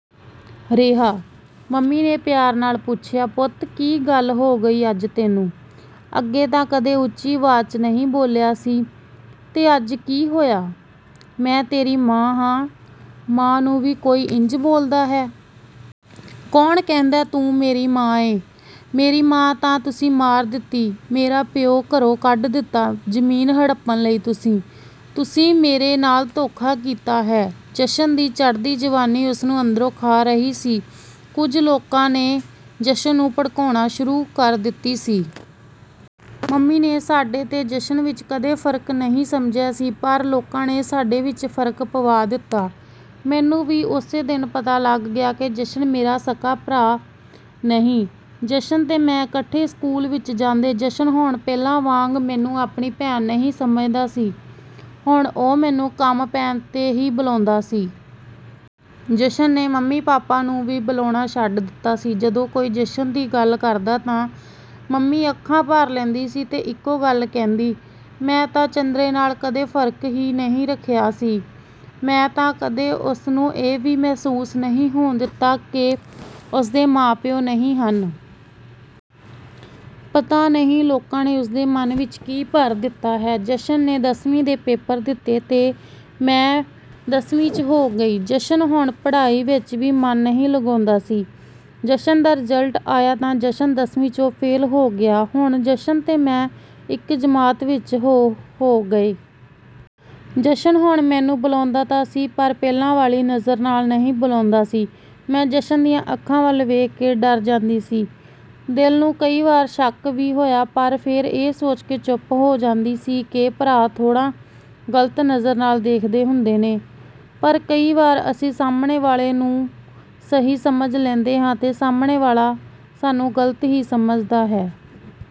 ਰਿਹਾ, ਮੰਮੀ ਨੇ ਪਿਆਰ ਨਾਲ ਪੁੱਛਿਆ, "ਪੁੱਤ, ਕੀ ਗੱਲ ਹੋ ਗਈ ਅੱਜ ਤੈਨੂੰ? ਅੱਗੇ ਤਾਂ ਕਦੇ ਉੱਚੀ ਆਵਾਜ਼ 'ਚ ਨਹੀਂ ਬੋਲਿਆ ਸੀ, ਤੇ ਅੱਜ ਕੀ ਹੋਇਆ? ਮੈਂ ਤੇਰੀ ਮਾਂ ਹਾਂ, ਮਾਂ ਨੂੰ ਵੀ ਕੋਈ ਇੰਝ ਬੋਲਦਾ ਹੈ?" ਕੌਣ ਕਹਿੰਦੈ ਤੂੰ ਮੇਰੀ ਮਾਂ ਐ, ਮੇਰੀ ਮਾਂ ਤਾਂ ਤੁਸੀਂ ਮਾਰ ਦਿੱਤੀ, ਮੇਰਾ ਪਿਉ ਘਰੋਂ ਕੱਢ ਦਿੱਤਾ ਜ਼ਮੀਨ ਹੜੱਪਣ ਲਈ, ਤੁਸੀਂ ਮੇਰੇ ਨਾਲ ਧੋਖਾ ਕੀਤਾ ਹੈ। ਜਸ਼ਨ ਦੀ ਚੜ੍ਹਦੀ ਜਵਾਨੀ ਉਸ ਨੂੰ ਅੰਦਰੋਂ ਖਾ ਰਹੀ ਸੀ, ਕੁਝ ਲੋਕਾਂ ਨੇ ਜਸ਼ਨ ਨੂੰ ਭੜਕਾਉਣਾ ਸ਼ੁਰੂ ਕਰ ਦਿੱਤੀ ਸੀ। ਮੰਮੀ ਨੇ ਸਾਡੇ ਤੇ ਜਸ਼ਨ ਵਿੱਚ ਕਦੇ ਫ਼ਰਕ ਨਹੀਂ ਸਮਝਿਆ ਸੀ ਪਰ ਲੋਕਾਂ ਨੇ ਸਾਡੇ ਵਿੱਚ ਫ਼ਰਕ ਪਵਾ ਦਿੱਤਾ। ਮੈਨੂੰ ਵੀ ਉਸੇ ਦਿਨ ਹੀ ਪਤਾ ਲੱਗਿਆ ਕਿ ਜਸ਼ਨ ਮੇਰਾ ਸਕਾ ਭਰਾ ਨਹੀਂ। ਜਸ਼ਨ ਤੇ ਮੈਂ ਇਕੱਠੇ ਸਕੂਲ ਜਾਂਦੇ, ਜਸ਼ਨ ਹੁਣ ਪਹਿਲਾਂ ਵਾਂਗ ਮੈਨੂੰ ਆਪਣੀ ਭੈਣ ਨਹੀਂ ਸਮਝਦਾ ਸੀ, ਹੁਣ ਉਹ ਮੈਨੂੰ ਕੰਮ ਪੈਣ ਤੇ ਹੀ ਬੁਲਾਉਂਦਾ ਸੀ। ਜਸ਼ਨ ਨੇ ਮੰਮੀ ਪਾਪਾ ਨੂੰ ਵੀ ਬੁਲਾਉਣਾ ਛੱਡ ਦਿੱਤਾ ਸੀ, ਜਦੋਂ ਕੋਈ ਜਸ਼ਨ ਦੀ ਗੱਲ ਕਰਦਾ ਤਾਂ ਮੰਮੀ ਅੱਖਾਂ ਭਰ ਲੈਂਦੀ ਸੀ ਤੇ ਇੱਕੋ ਗੱਲ ਕਹਿੰਦੀ, ਮੈਂ ਤਾਂ ਚੰਦਰੇ ਨਾਲ ਕਦੇ ਫ਼ਰਕ ਹੀ ਨਹੀਂ ਰੱਖਿਆ ਸੀ, ਮੈਂ ਤਾਂ ਕਦੇ ਉਸ ਨੂੰ ਇਹ ਵੀ ਮਹਿਸੂਸ ਨਹੀਂ ਹੋਣ ਦਿੱਤਾ ਕਿ ਉਸ ਦੇ ਮਾਂ-ਪਿਉ ਨਹੀਂ ਹਨ। ਪਤਾ ਨਹੀਂ ਲੋਕਾਂ ਨੇ ਉਸ ਦੇ ਮਨ ਵਿੱਚ ਕੀ ਭਰ ਦਿੱਤਾ ਹੈ। ਜਸ਼ਨ ਨੇ ਦੱਸਵੀਂ ਦੇ ਪੇਪਰ ਦਿੱਤੇ ਤੇ ਮੈਂ ਦੱਸਵੀਂ ਚ ਹੋ ਗਈ। ਜਸ਼ਨ ਹੁਣ ਪੜ੍ਹਾਈ ਵਿੱਚ ਵੀ ਮਨ ਨਹੀਂ ਲਗਾਉਂਦਾ ਸੀ, ਜਸ਼ਨ ਦਾ ਰਿਜ਼ਲਟ ਆਇਆ ਜਸ਼ਨ ਦਸਵੀਂ ਚੋਂ ਫੇਲ੍ਹ ਹੋ ਗਿਆ, ਹੁਣ ਜਸ਼ਨ ਤੇ ਮੈਂ ਇੱਕ ਜਮਾਤ ਵਿੱਚ ਹੋ ਹੋ ਗਏ। ਜਸ਼ਨ ਹੁਣ ਮੈਨੂੰ ਬੁਲਾਉਂਦਾ ਤਾਂ ਸੀ ਪਰ ਪਹਿਲਾਂ ਵਾਲੀ ਨਜ਼ਰ ਨਾਲ ਨਹੀਂ ਬੁਲਾਉਂਦਾ ਸੀ। ਮੈਂ ਜਸ਼ਨ ਦੀਆਂ ਅੱਖਾਂ ਵੱਲ ਦੇਖ ਕੇ ਡਰ ਜਾਂਦੀ ਸੀ, ਦਿਲ ਨੂੰ ਕਈ ਵਾਰ ਸ਼ੱਕ ਵੀ ਹੋਇਆ ਪਰ ਫੇਰ ਇਹ ਸੋਚਕੇ ਚੁੱਪ ਹੋ ਜਾਂਦੀ ਸੀ ਕਿ ਭਰਾ ਥੋੜਾਂ ਗਲਤ ਨਜ਼ਰ ਨਾਲ ਦੇਖਦੇ ਹੁੰਦੇ ਨੇ, ਪਰ ਕਈ ਵਾਰ ਅਸੀਂ ਸਾਹਮਣੇ ਵਾਲੇ ਨੂੰ ਸਹੀ ਸਮਝ ਲੈਂਦੇ ਹਾਂ ਤੇ ਸਾਹਮਣੇ ਵਾਲਾ ਸਾਨੂੰ ਗਲਤ ਹੀ ਸਮਝਦਾ ਹੈ।